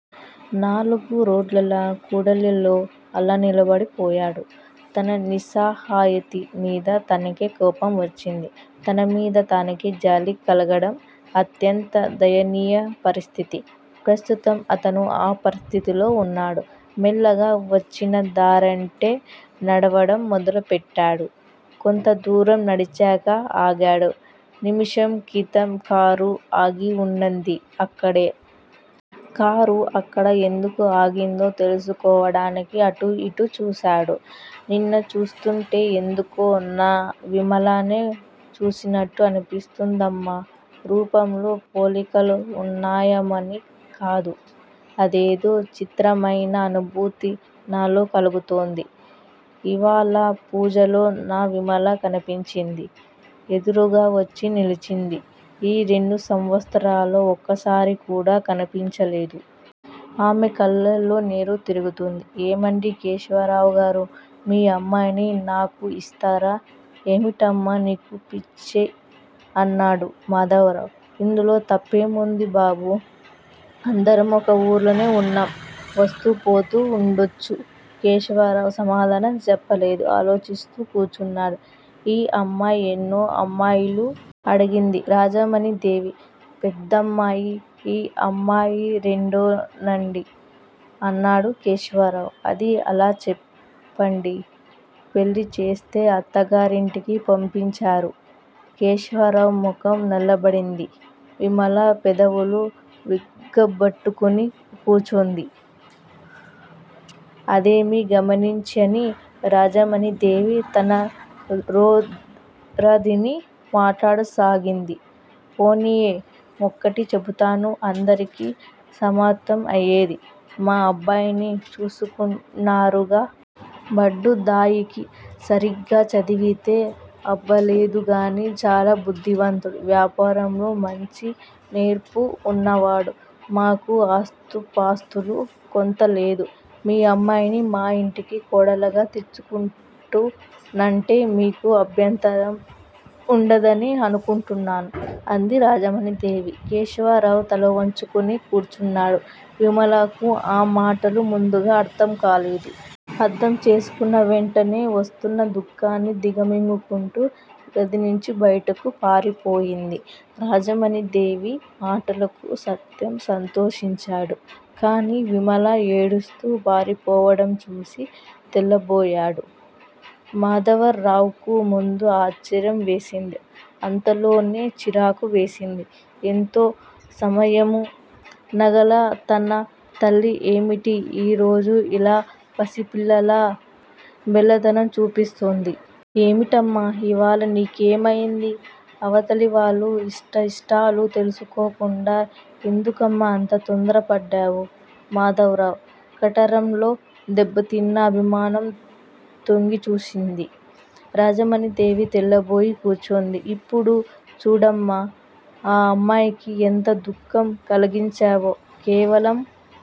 నాలుగురోడ్ల కూడలిలో అలా నిలబడిపోయాడు. తన నిస్సహాయత మీద తనకే కోపం వచ్చింది. తనమీద తనకే జాలి కలగడం అత్యంత దయనీయ పరిస్థితి. ప్రస్తుతం అతను ఆ స్థితిలో వున్నాడు. మెల్లగా వచ్చిన దారంటే నడవడం మొదలుపెట్టాడు. కొంత దూరం నడిచాక ఆగాడు. నిముషం క్రితం కారు ఆగివున్నది అక్కడే. కారు అక్కడ ఎందుకు ఆగిందో తెలుసుకోవడానికి అటూ ఇటూ చూశాడు. నిన్ను చూస్తుంటే ఎందుకో నా విమలనే చూసినట్లు అనిపిస్తుందమ్మా! రూపంలో పోలికలున్నాయని కాదు. అదేదో చిత్రమయిన అనుభూతి నాలో కలుగుతోంది. ఇవ్వాళ పూజలో నా విమల కనిపించింది. ఎదురుగావచ్చి నిల్చింది. ఈ రెండు సంవత్సరాల్లో ఒక్కసారికూడా కనిపించలేదు. ఆమె కళ్ళలో నీరు తిరుగుతుంది. ఏమండీ కేశవరావుగారూ! మీ అమ్మాయిని నాకు ఇస్తారా? ఏమిటమ్మా నీకు పిచ్చి అన్నాడు మాధవరావు. ఇందులో తప్పేముంది బాబూ! అందరం ఒక ఊళ్ళోనే ఉన్నాం. వస్తూ పోతూ ఉండొచ్చు. కేశవరావు సమాధానం చెప్పలేదు. ఆలోచిస్తూ కూర్చున్నాడు. ఈ అమ్మాయి ఎన్నో అమ్మాయిలు? అడిగింది రాజమణీదేవి. పెద్దమ్మాయి ఈ అమ్మాయి రెండో అండి అన్నాడు కేశవరావు. అదీ అలా చెప్పండీ! పెళ్ళిచేస్తే అత్తగారింటికి పంపించరూ? కేశవరావు ముఖం నల్లబడింది. విమల పెదవులు బిగబట్టుకొని కూర్చుంది. అదేమీ గమనించని రాజమణీదేవి తన రోరణిలో మాట్లాడసాగింది. పోనీయ్! ఒకటి చెబుతాను అందరికీ సమ్మతం అయేది. మా అబ్బాయిని చూస్తున్నారుగా? బడుద్దాయికి సరిగా చదివితే అబ్బలేదుగాని చాలా బుద్ధిమంతుడు, వ్యాపారంలో మంచి నేర్పు ఉన్నవాడు. మాకు ఆస్థిపాస్తులు కొరతలేదు. మీ అమ్మాయిని మా ఇంటికి కోడలుగా తెచ్చుకుంటానంటే మీకు అభ్యంతరం ఉండదనే అనుకుంటాను అంది రాజమణీదేవి. కేశవరావు తలవంచుకొని కూర్చున్నాడు. విమలకు ఆ మాటలు ముందుగా అర్ధంకాలేదు. అర్ధంచేసుకొన్న వెంటనే వస్తున్న దుఃఖాన్ని దిగమింగుకుంటూ గదినుంచి బయటకు పారిపోయింది. రాజమణీదేవి మాటలకు సత్యం సంతోషించాడు. కాని విమల ఏడుస్తూ పారిపోవడంచూసి తెల్లబోయాడు. మాధవరావుకు ముందు ఆశ్చర్యంవేసి. అంతలోనే చిరాకువేసింది. ఎంతో సంయమనంగల తన తల్లి ఏమిటి ఈ రోజు ఇలా పసిపిల్లలా బేలతనం చూపిస్తుంది! ఏమిటమ్మా! ఇవాళ నీకేమయింది? అవతలివాళ్ళ ఇష్టాయిష్టాలు తెలుసుకోకుండా ఎందుకమ్మా అంత తొందరపడ్డావు? మాధవరావు కంఠంలో దెబ్బతిన్న అభిమానం తొంగిచూసింది. రాజమణీదేవి తెల్లబోయి కూర్చుంది. ఇప్పుడు చూడమ్మా, ఆ అమ్మాయికి ఎంత దుఃఖం కలిగించావో? కేవలం